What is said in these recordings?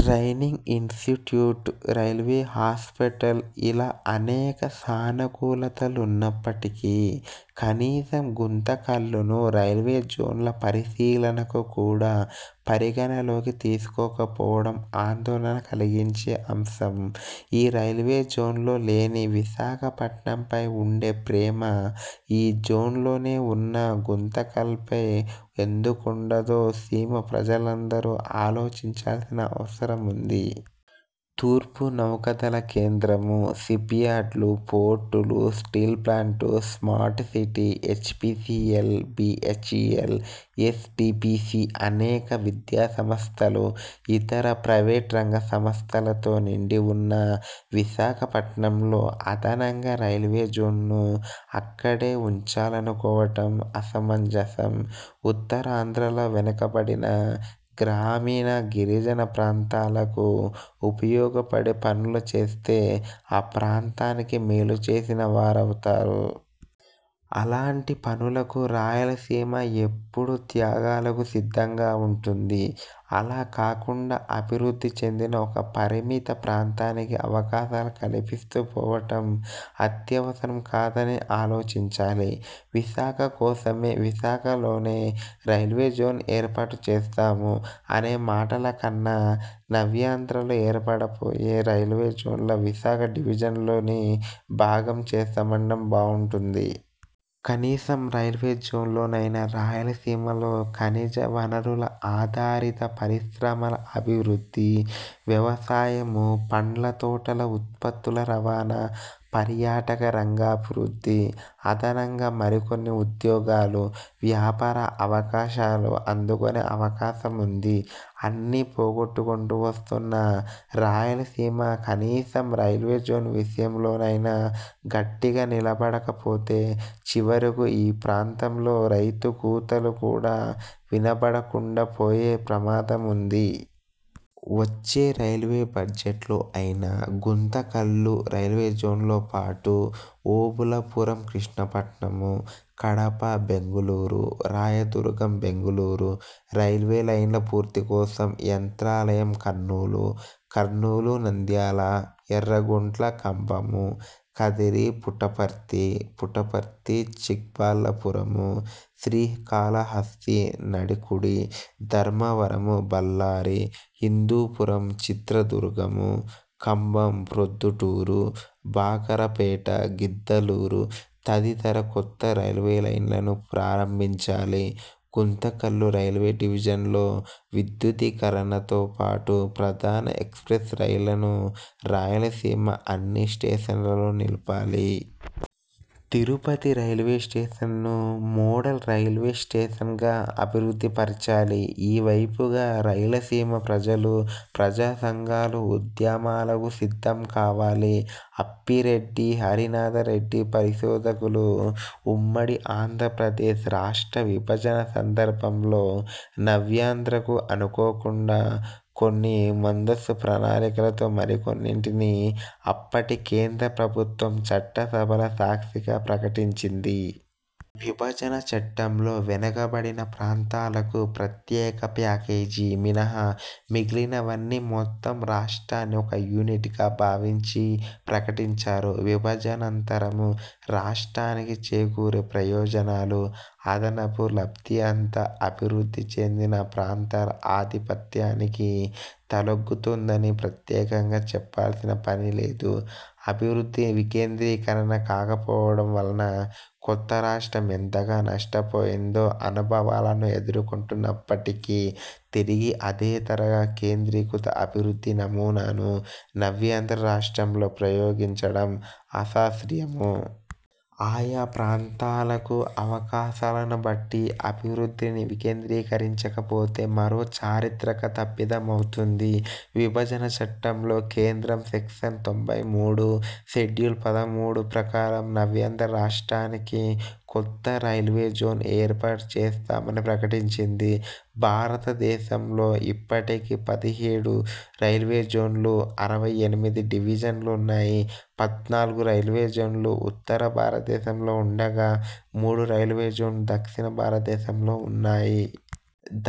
Training institute, railway hospital ఇలా అనేక సానుకూలతలున్న ప్పటికీ, కనీసం గుంతకల్లును రైల్వేజోన్గా పరిశీలనకు కూడా పరిగణలోకి తీసుకోకపోవడం ఆందోళన కలిగించే అంశం. ఈ రైల్వే జోన్లో లేని విశాఖపట్నంపై ఉండే ప్రేమ ఈ జోన్లోనే ఉన్న గుంతకల్పై ఎందుకుండదో సీమ ప్రజలందరూ ఆలోచించాల్సిన అవసరముంది. తూర్పు నౌకాదళ కేంద్రం, షిప్యార్డులు, పోర్టులు, steel plant, smart city, H. P. C. L, BHEL, S. D. P. C. అనేక విద్యాసంస్థలు, ఇతర ప్రైవేటు రంగ సంస్థలతో నిండి ఉన్న విశాఖ పట్నంలో అదనంగా రైల్వేజోన్ను అక్కడే ఉంచాలనుకోవటం అసమంజసం. ఉత్తరాంధ్రలో వెనుకబడిన గ్రామీణ, గిరిజన ప్రాంతాలకు ఉపయోగపడే పనులుచేస్తే ఆ ప్రాంతానికి మేలుచేసిన వారవు తారు. అలాంటి పనులకు రాయలసీమ ఎప్పుడు త్యాగాలకు సిద్ధంగా ఉంటుంది. అలా కాకుండా అభివృద్ధి చెందిన ఒక పరిమిత ప్రాంతానికే అవకాశాలు కల్పిస్తూ పోవటం అత్యవసరం కాదని ఆలోచించాలి. విశాఖ కోసమే, విశాఖలోనే రైల్వేజోన్ ఏర్పాటు చేస్తాం అనే మాటల కన్నా నవ్యాంధ్రలో ఏర్పడబోయే రైల్వేజోన్లో విశాఖ డివిజన్లోని భాగం చేస్తామనటం బావుం టుంది. కనీసం రైల్వేజోన్లోనైనా రాయలసీమలో ఖనిజ వనరుల ఆధారిత పరిశ్రమల అభివృద్ధి, వ్యవసాయము, పండ్లతోటల ఉత్పత్తుల రవాణా, పర్యాటక రంగాభివృద్ధి, అదనంగా మరికొన్ని ఉద్యోగాలు, వ్యాపార అవకాశాలు అందుకొనే అవకాశంఉంది. అన్నీ పోగొట్టుకొంటూ వస్తున్న రాయలసీమ కనీసం రైల్వేజోన్ విషయంలోనైనా గట్టిగా నిలబడకపోతే చివరకు ఈ ప్రాంతంలో రైతు కూతలు కూడా వినబడకుండా పోయే ప్రమాదముంది. వచ్చే రైల్వేబడ్జెట్లో అయినా గుంతకల్లు రైల్వేజోన్లోపాటు, ఓబుళాపురం కృష్ణపట్నం, కడప బెంగళూరు, రాయదుర్గం బెంగళూరు, రైల్వేలైన్ల పూర్తి కోసం, మంత్రాలయంకర్నూలు, కర్నూలు నంద్యాల, ఎర్రగుంట్ల కంభం, కదిరి పుట్టపర్తి, పుట్టపర్తి చిక్బళ్ళాపురం, శ్రీకాళహస్తి నడికుడి, ధర్మవరం బళ్ళారి, హిందూపురం చిత్రదుర్గం, కంబం ప్రొద్దుటూరు, బాకరాపేట గిద్దలూరు తదితర కొత్త రైల్వేలైన్లను ప్రారంభించాలి. గుంతకల్లు రైల్వే డివిజన్లో విద్యుదీకరణతో పాటు, ప్రధాన ఎక్స్ప్రెస్ రైళ్ళను రాయలసీమ అన్ని స్టేషన్లలో నిలపాలి. తిరుపతి రైల్వేస్టేషన్ను మోడల్ రైల్వే స్టేషన్గా అభివృద్ధి పరచాలి. ఈ వైపుగా రాయలసీమ ప్రజలు, ప్రజా సంఘాలు ఉద్యమాలకు సిద్ధం కావాలి. అప్పిరెడ్డి హరినాథరెడ్డిపరిశోధకులు ఉమ్మడి ఆంధ్రప్రదేశ్ రాష్ట్ర విభజన సందర్భంలో నవ్యాంధ్రకు అనుకోకుండా కొన్ని, ముందస్తు ప్రణాళికలతో మరికొన్నింటిని అప్పటి కేంద్ర ప్రభుత్వం చట్టసభల సాక్షిగా ప్రకటించింది. విభజన చట్టంలో 'వెనుకబడిన ప్రాంతాలకు- ప్రత్యేకప్యాకేజీ' మినహా మిగిలినవన్నీ మొత్తం రాష్ట్రాన్ని ఒక యూనిట్గా భావించి ప్రకటించారు. విభజనానంతరం రాష్ట్రానికి చేకూరే ప్రయోజనాలు, అదనపు లబ్ధి అంతా అభివృద్ధి చెందిన ప్రాంతాల ఆధిపత్యానికి తలొగ్గుతుందని ప్రత్యేకంగా చెప్పాల్సిన పని లేదు. అభివృద్ధి వికేంద్రీకరణ కాకపోవటం వలన కొత్త రాష్ట్రం ఎంతగా నష్టపోయిందో అనుభవాలను ఎదుర్కొంటున్నప్పటికీ, తిరిగి అదే తరహా కేంద్రీకృత అభివృద్ధి నమూనాను నవ్యాంధ్ర రాష్ట్రంలో ప్రయోగించటం అశాస్త్రీయము. ఆయా ప్రాంతాలకు అవకాశాలనుబట్టి అభివృద్ధిని వికేంద్రీకరించకపోతే మరో చారిత్రక తప్పిదం అవుతుంది. విభజన చట్టంలో కేంద్రం సెక్షన్-తొంభై మూడు, షెడ్యూల్-పదమూడు ప్రకారం నవ్యాంధ్ర రాష్ట్రానికి కొత్త 'రైల్వేజోన్' ఏర్పాటు చేస్తామని ప్రకటించింది. భారతదేశంలో ఇప్పటికి పదిహేడు రైల్వేజోన్లు, అరవై ఎనిమిది డివిజన్లు ఉన్నాయి. పద్నాలుగు రైల్వేజోన్లు ఉత్తర భారతదేశంలోఉండగా, మూడు రైల్వేజోన్ దక్షిణ భారతదేశంలో ఉన్నాయి.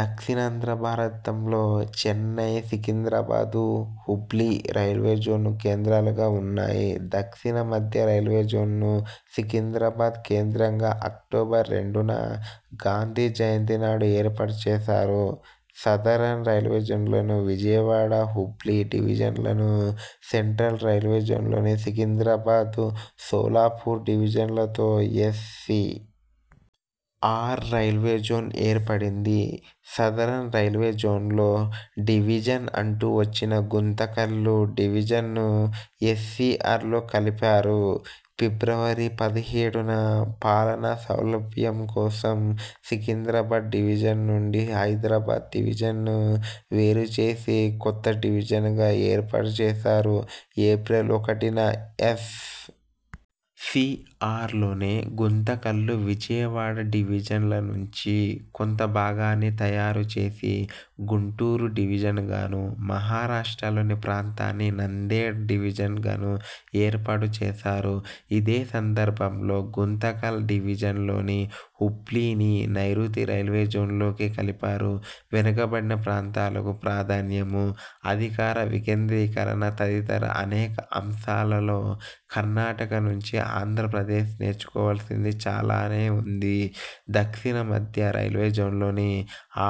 దక్షిణాంధ్ర భారతంలో చెన్నై, సికింద్రాబాద్, హుబ్లీ లు రైల్వే జోన్ కేంద్రాలుగా ఉన్నాయి. దక్షిణమధ్య రైల్వేజోన్ ను సికింద్రాబాద్ కేంద్రంగా అక్టోబరు రెండున గాంధీ జయంతినాడు ఏర్పాటు చేశారు. సదరన్ రైల్వేజోన్లోని విజయవాడ, హుబ్లీ డివిజన్లను, సెంట్రల్ రైల్వేజోన్లోని సికింద్రాబాద్, షోలాపూర్ డివిజన్లతో యస్. సి. ఆర్. రైల్వేజోన్ ఏర్పడింది. సదరన్ రైల్వే జోన్లో డివిజన్ అంటూ వచ్చిన 'గుంతకల్లు డివిజన్'ను యస్. సి. ఆర్. లో కలిపారు. ఫిబ్రవరి పదిహేడున పాలనాసౌలభ్యం కోసం సికింద్రాబాద్ డివిజన్ నుండి హైదరాబాద్ డివిజన్ను వేరుచేసి కొత్త డివిజన్గా ఏర్పాటు చేశారు. ఏప్రిల్ ఒకటిన యస్. సి. ఆర్. లోనే గుంతకల్లు విజయవాడ డివిజన్ల నుంచి కొంత భాగాన్ని తయారుచేసి గుంటూరు డివిజన్ గాను, మహారాష్ట్రలోని ప్రాంతాన్ని నాందేడ్ డివిజన్గాను ఏర్పాటు చేశారు. ఇదే సందర్భంలో గుంతకల్ డివిజన్లోని హుబ్లీని నైరుతి రైల్వేజోన్లోకి కలిపారు. వెనుకబడిన ప్రాంతాలకు ప్రాధాన్యము, అధికార వికేంద్రీకరణ తదితర అనేక అంశాలలో కర్ణాటక నుంచి ఆంధ్రప్రదేశ్ నేర్చుకోవాల్సింది చాలానే ఉంది. దక్షిణమధ్య రైల్వేజోన్లోని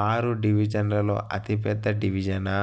ఆరు డివిజన్లలో అతిపెద్ద డివిజనా